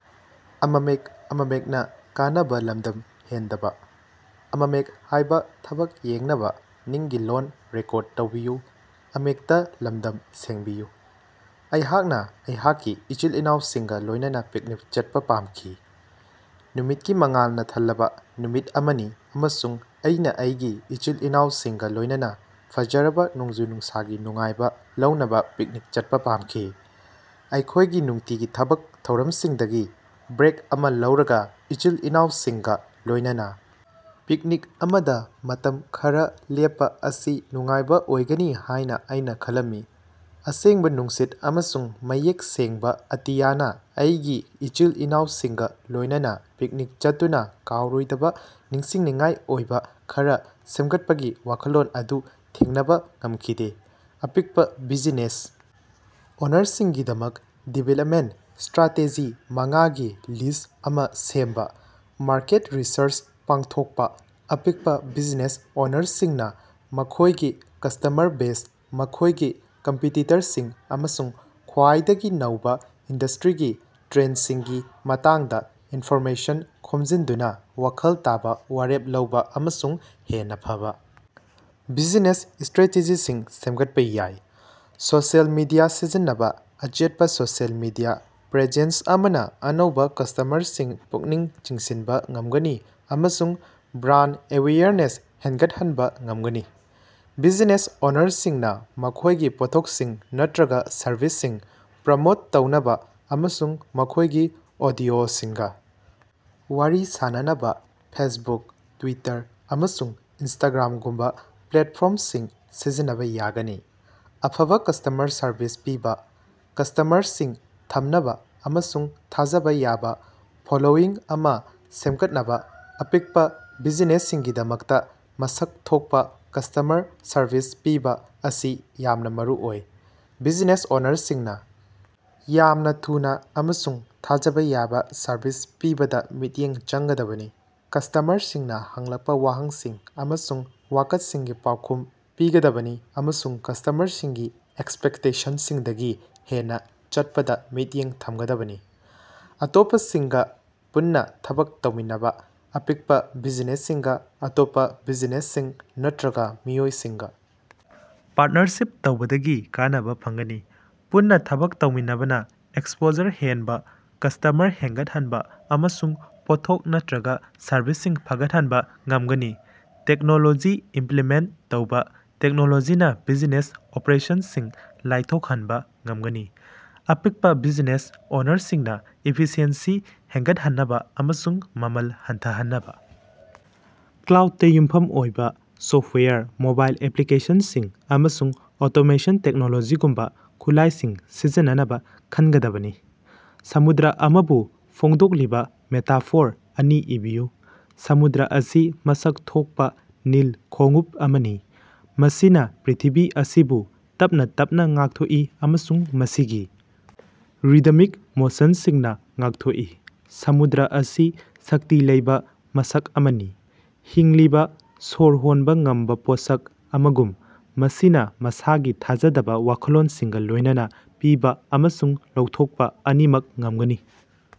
ꯑꯩꯍꯥꯛꯅ ꯑꯩꯍꯥꯛꯀꯤ ꯏꯆꯤꯜ-ꯏꯅꯥꯎꯁꯤꯡꯒ ꯂꯣꯏꯅꯅ ꯄꯤꯛꯅꯤꯛ ꯆꯠꯄ ꯄꯥꯝꯈꯤ꯫ ꯅꯨꯃꯤꯠꯀꯤ ꯃꯉꯥꯜꯅ ꯊꯜꯂꯕ ꯅꯨꯃꯤꯠ ꯑꯃꯅꯤ ꯑꯃꯁꯨꯡ ꯑꯩꯅ ꯑꯩꯒꯤ ꯏꯆꯤꯜ-ꯏꯅꯥꯎꯁꯤꯡꯒ ꯂꯣꯏꯅꯅ ꯐꯖꯔꯕ ꯅꯣꯡꯖꯨ-ꯅꯨꯡꯁꯥꯒꯤ ꯅꯨꯡꯉꯥꯏꯕ ꯂꯧꯅꯕ ꯄꯤꯛꯅꯤꯛ ꯆꯠꯄ ꯄꯥꯝꯈꯤ꯫ ꯑꯩꯈꯣꯏꯒꯤ ꯅꯨꯡꯇꯤꯒꯤ ꯊꯕꯛ ꯊꯧꯔꯝꯁꯤꯡꯗꯒꯤ ꯕ꯭ꯔꯦꯛ ꯑꯃ ꯂꯧꯔꯒ ꯏꯆꯤꯜ-ꯏꯅꯥꯎꯁꯤꯡꯒ ꯂꯣꯏꯅꯅ ꯄꯤꯛꯅꯤꯛ ꯑꯃꯗ ꯃꯇꯝ ꯈꯔ ꯂꯦꯞꯄ ꯑꯁꯤ ꯅꯨꯡꯉꯥꯏꯕ ꯑꯣꯏꯒꯅꯤ ꯍꯥꯏꯅ ꯑꯩꯅ ꯈꯜꯂꯝꯃꯤ꯫ ꯑꯁꯦꯡꯕ ꯅꯨꯡꯁꯤꯠ ꯑꯃꯁꯨꯡ ꯃꯌꯦꯛ ꯁꯦꯡꯕ ꯑꯇꯤꯌꯥꯅ ꯑꯩꯒꯤ ꯏꯆꯤꯜ-ꯏꯅꯥꯎꯁꯤꯡꯒ ꯂꯣꯏꯅꯅ ꯄꯤꯛꯅꯤꯛ ꯆꯠꯇꯨꯅ ꯀꯥꯎꯔꯣꯏꯗꯕ ꯅꯤꯡꯁꯤꯡꯅꯤꯡꯉꯥꯏ ꯑꯣꯏꯕ ꯈꯔ ꯁꯦꯝꯒꯠꯄꯒꯤ ꯋꯥꯈꯜꯂꯣꯟ ꯑꯗꯨ ꯊꯦꯡꯅꯕ ꯉꯝꯈꯤꯗꯦ꯫ ꯑꯄꯤꯛꯄ ꯕꯤꯖꯤꯅꯦꯁ ꯑꯣꯅꯔꯁꯤꯡꯒꯤꯗꯃꯛꯇ ꯗꯤꯚꯦꯂꯞꯃꯦꯟꯇ ꯁ꯭ꯇꯔꯥꯇꯦꯖꯤ ꯃꯉꯥꯒꯤ ꯂꯤꯁꯠ ꯑꯃ ꯁꯦꯝꯕ- ꯃꯥꯔꯀꯦꯠ ꯔꯤꯁꯔꯆ ꯄꯥꯡꯊꯣꯛꯄ: ꯑꯄꯤꯛꯄ ꯕꯤꯖꯤꯅꯦꯁ ꯑꯣꯅꯔꯁꯤꯡꯅ ꯃꯈꯣꯏꯒꯤ ꯀꯁꯇꯃꯔ ꯕꯦꯖ, ꯃꯈꯣꯏꯒꯤ ꯀꯝꯄꯤꯇꯤꯇꯔꯁꯤꯡ, ꯑꯃꯁꯨꯡ ꯈ꯭ꯋꯥꯏꯗꯒꯤ ꯅꯧꯕ ꯏꯟꯗꯁꯇ꯭ꯔꯤꯒꯤ ꯇ꯭ꯔꯦꯟꯗꯁꯤꯡꯒꯤ ꯃꯇꯥꯡꯗ ꯏꯟꯐꯣꯔꯃꯦꯁꯟ ꯈꯣꯝꯖꯤꯟꯗꯨꯅ ꯋꯥꯈꯜ ꯇꯥꯕ ꯋꯥꯔꯦꯞ ꯂꯧꯕ ꯑꯃꯁꯨꯡ ꯍꯦꯟꯅ ꯐꯕ ꯕꯤꯖꯤꯅꯦꯁ ꯁꯇ꯭ꯔꯦꯇꯦꯖꯤꯁꯤꯡ ꯁꯦꯝꯒꯠꯄ ꯌꯥꯏ꯫ ꯁꯣꯁꯤꯌꯦꯜ ꯃꯤꯗꯤꯌꯥ ꯁꯤꯖꯤꯟꯅꯕ: ꯑꯆꯦꯠꯄ ꯁꯣꯁꯤꯑꯦꯜ ꯃꯤꯗꯤꯌꯥ ꯄ꯭ꯔꯦꯖꯦꯟꯁ ꯑꯃꯅ ꯑꯅꯧꯕ ꯀꯁꯇꯃꯔꯁꯤꯡ ꯄꯨꯛꯅꯤꯡ ꯆꯤꯡꯁꯤꯟꯕ ꯉꯝꯒꯅꯤ ꯑꯃꯁꯨꯡ ꯕ꯭ꯔꯥꯟꯗ ꯑꯦꯋꯦꯌꯔꯅꯦꯁ ꯍꯦꯟꯒꯠꯍꯟꯕ ꯉꯝꯒꯅꯤ꯫ ꯕꯤꯖꯤꯅꯦꯁ ꯑꯣꯅꯔꯁꯤꯡꯅ ꯃꯈꯣꯏꯒꯤ ꯄꯣꯠꯊꯣꯛꯁꯤꯡ ꯅꯠꯇ꯭ꯔꯒ ꯁꯔꯚꯤꯁꯁꯤꯡ ꯄ꯭ꯔꯃꯣꯠ ꯇꯧꯅꯕ ꯑꯃꯁꯨꯡ ꯃꯈꯣꯏꯒꯤ ꯑꯣꯗꯤꯑꯣꯁꯤꯡꯒ ꯋꯥꯔꯤ ꯁꯥꯅꯅꯕ ꯐꯦꯁꯕꯨꯛ, ꯇ꯭ꯋꯤꯇꯔ, ꯑꯃꯁꯨꯡ ꯏꯟꯁꯇꯒ꯭ꯔꯥꯝꯒꯨꯝꯕ ꯄ꯭ꯂꯦꯠꯐꯣꯔꯝꯁꯤꯡ ꯁꯤꯖꯤꯟꯅꯕ ꯌꯥꯒꯅꯤ꯫ ꯑꯐꯕ ꯀꯁꯇꯃꯔ ꯁꯔꯚꯤꯁ ꯄꯤꯕ: ꯀꯁꯇꯃꯔꯁꯤꯡ ꯊꯝꯅꯕ ꯑꯃꯁꯨꯡ ꯊꯥꯖꯕ ꯌꯥꯕ ꯐꯣꯂꯣꯋꯤꯡ ꯑꯃ ꯁꯦꯝꯒꯠꯅꯕ ꯑꯄꯤꯛꯄ ꯕꯤꯖꯤꯅꯦꯁꯁꯤꯡꯒꯤꯗꯃꯛꯇ ꯃꯁꯛ ꯊꯣꯛꯄ ꯀꯁꯇꯃꯔ ꯁꯔꯚꯤꯁ ꯄꯤꯕ ꯑꯁꯤ ꯌꯥꯝꯅ ꯃꯔꯨꯑꯣꯏ꯫ ꯕꯤꯖꯤꯅꯦꯁ ꯑꯣꯅꯔꯁꯤꯡꯅ ꯌꯥꯝꯅ ꯊꯨꯅ ꯑꯃꯁꯨꯡ ꯊꯥꯖꯕ ꯌꯥꯕ ꯁꯔꯚꯤꯁ ꯄꯤꯕꯗ ꯃꯤꯠꯌꯦꯡ ꯆꯪꯒꯗꯕꯅꯤ꯫ ꯀꯁꯇꯃꯔꯁꯤꯡꯅ ꯍꯪꯂꯛꯄ ꯋꯥꯍꯪꯁꯤꯡ ꯑꯃꯁꯨꯡ ꯋꯥꯀꯠꯁꯤꯡꯒꯤ ꯄꯥꯎꯈꯨꯝ ꯄꯤꯒꯗꯕꯅꯤ ꯑꯃꯁꯨꯡ ꯀꯁꯇꯃꯔꯁꯤꯡꯒꯤ ꯑꯦꯛꯁꯄꯦꯛꯇꯦꯁꯟꯁꯤꯡꯗꯒꯤ ꯍꯦꯟꯅ ꯆꯠꯄꯗ ꯃꯤꯠꯌꯦꯡ ꯊꯝꯒꯗꯕꯅꯤ꯫ ꯑꯇꯣꯞꯄꯁꯤꯡꯒ ꯄꯨꯟꯅ ꯊꯕꯛ ꯇꯧꯃꯤꯟꯅꯕ: ꯑꯄꯤꯛꯄ ꯕꯤꯖꯤꯅꯦꯁꯁꯤꯡꯒ ꯑꯇꯣꯞꯄ ꯕꯤꯖꯤꯅꯦꯁꯁꯤꯡ ꯅꯠꯇ꯭ꯔꯒ ꯃꯤꯑꯣꯏꯁꯤꯡꯒ ꯄꯥꯔꯠꯅꯔꯁꯤꯞ ꯇꯧꯕꯗꯒꯤ ꯀꯥꯟꯅꯕ ꯐꯪꯒꯅꯤ꯫ ꯄꯨꯟꯅ ꯊꯕꯛ ꯇꯧꯃꯤꯟꯅꯕꯅ ꯑꯦꯛꯁꯄꯣꯖꯔ ꯍꯦꯟꯕ, ꯀꯁ꯭ꯇꯃꯔ ꯍꯦꯟꯒꯠꯍꯟꯕ, ꯑꯃꯁꯨꯡ ꯄꯣꯠꯊꯣꯛ ꯅꯠꯇ꯭ꯔꯒ ꯁꯔꯚꯤꯁꯁꯤꯡ ꯐꯒꯠꯍꯟꯕ ꯉꯝꯒꯅꯤ꯫ ꯇꯦꯛꯅꯣꯂꯣꯖꯤ ꯏꯝꯄ꯭ꯂꯤꯃꯦꯟꯇ ꯇꯧꯕ: ꯇꯦꯛꯅꯣꯂꯣꯖꯤꯅ ꯕꯤꯖꯤꯅꯦꯁ ꯑꯣꯄꯔꯦꯁꯟꯁꯤꯡ ꯂꯥꯏꯊꯣꯛꯍꯟꯕ ꯉꯝꯒꯅꯤ꯫ ꯑꯄꯤꯀꯄ ꯕꯤꯖꯤꯅꯦꯁ ꯑꯣꯅꯔꯁꯤꯡꯅ ꯏꯐꯤꯁꯤꯑꯦꯟꯁꯤ ꯍꯦꯟꯒꯠꯍꯟꯅꯕ ꯑꯃꯁꯨꯡ ꯃꯃꯜ ꯍꯟꯊꯍꯟꯅꯕ ꯀ꯭ꯂꯥꯎꯗꯇ ꯌꯨꯝꯐꯝ ꯑꯣꯏꯕ ꯁꯣꯐꯠꯋꯦꯌꯔ, ꯃꯣꯕꯥꯏꯜ ꯑꯦꯄ꯭ꯂꯤꯀꯦꯁꯟꯁꯤꯡ, ꯑꯃꯁꯨꯡ ꯑꯣꯇꯣꯃꯦꯁꯟ ꯇꯦꯛꯅꯣꯂꯣꯖꯤꯒꯨꯝꯕ ꯈꯨꯠꯂꯥꯏꯁꯤꯡ ꯁꯤꯖꯤꯟꯅꯅꯕ ꯈꯟꯒꯗꯕꯅꯤ꯫ ꯁꯃꯨꯗ꯭ꯔ ꯑꯃꯕꯨ ꯐꯣꯡꯗꯣꯛꯂꯤꯕ ꯃꯦꯇꯥꯐꯣꯔ ꯑꯅꯤ ꯏꯕꯤꯌꯨ꯫ ꯁꯃꯨꯗ꯭ꯔ ꯑꯁꯤ ꯃꯁꯛ ꯊꯣꯛꯄ ꯅꯤꯜ ꯈꯣꯡꯎꯞ ꯑꯃꯅꯤ, ꯃꯁꯤꯅ ꯄ꯭ꯔꯤꯊꯤꯕꯤ ꯑꯁꯤꯕꯨ ꯇꯞꯅ ꯇꯞꯅ ꯉꯥꯛꯊꯣꯛꯏ ꯑꯃꯁꯨꯡ ꯃꯁꯤꯒꯤ ꯔꯤꯗꯃꯤꯛ ꯃꯣꯁꯟꯁꯤꯡꯅ ꯉꯥꯛꯊꯣꯛꯏ꯫ ꯁꯃꯨꯗ꯭ꯔ ꯑꯁꯤ ꯁꯛꯇꯤ ꯂꯩꯕ ꯃꯁꯛ ꯑꯃꯅꯤ꯫ ꯍꯤꯡꯂꯤꯕ, ꯁꯣꯔ ꯍꯣꯟꯕ ꯉꯝꯕ ꯄꯣꯠꯁꯛ ꯑꯃꯒꯨꯝ, ꯃꯁꯤꯅ ꯃꯁꯥꯒꯤ ꯊꯥꯖꯗꯕ ꯋꯥꯈꯜꯂꯣꯟꯁꯤꯡꯒ ꯂꯣꯏꯅꯅ ꯄꯤꯕ ꯑꯃꯁꯨꯡ ꯂꯧꯊꯣꯛꯄ ꯑꯅꯤꯃꯛ ꯉꯝꯒꯅꯤ꯫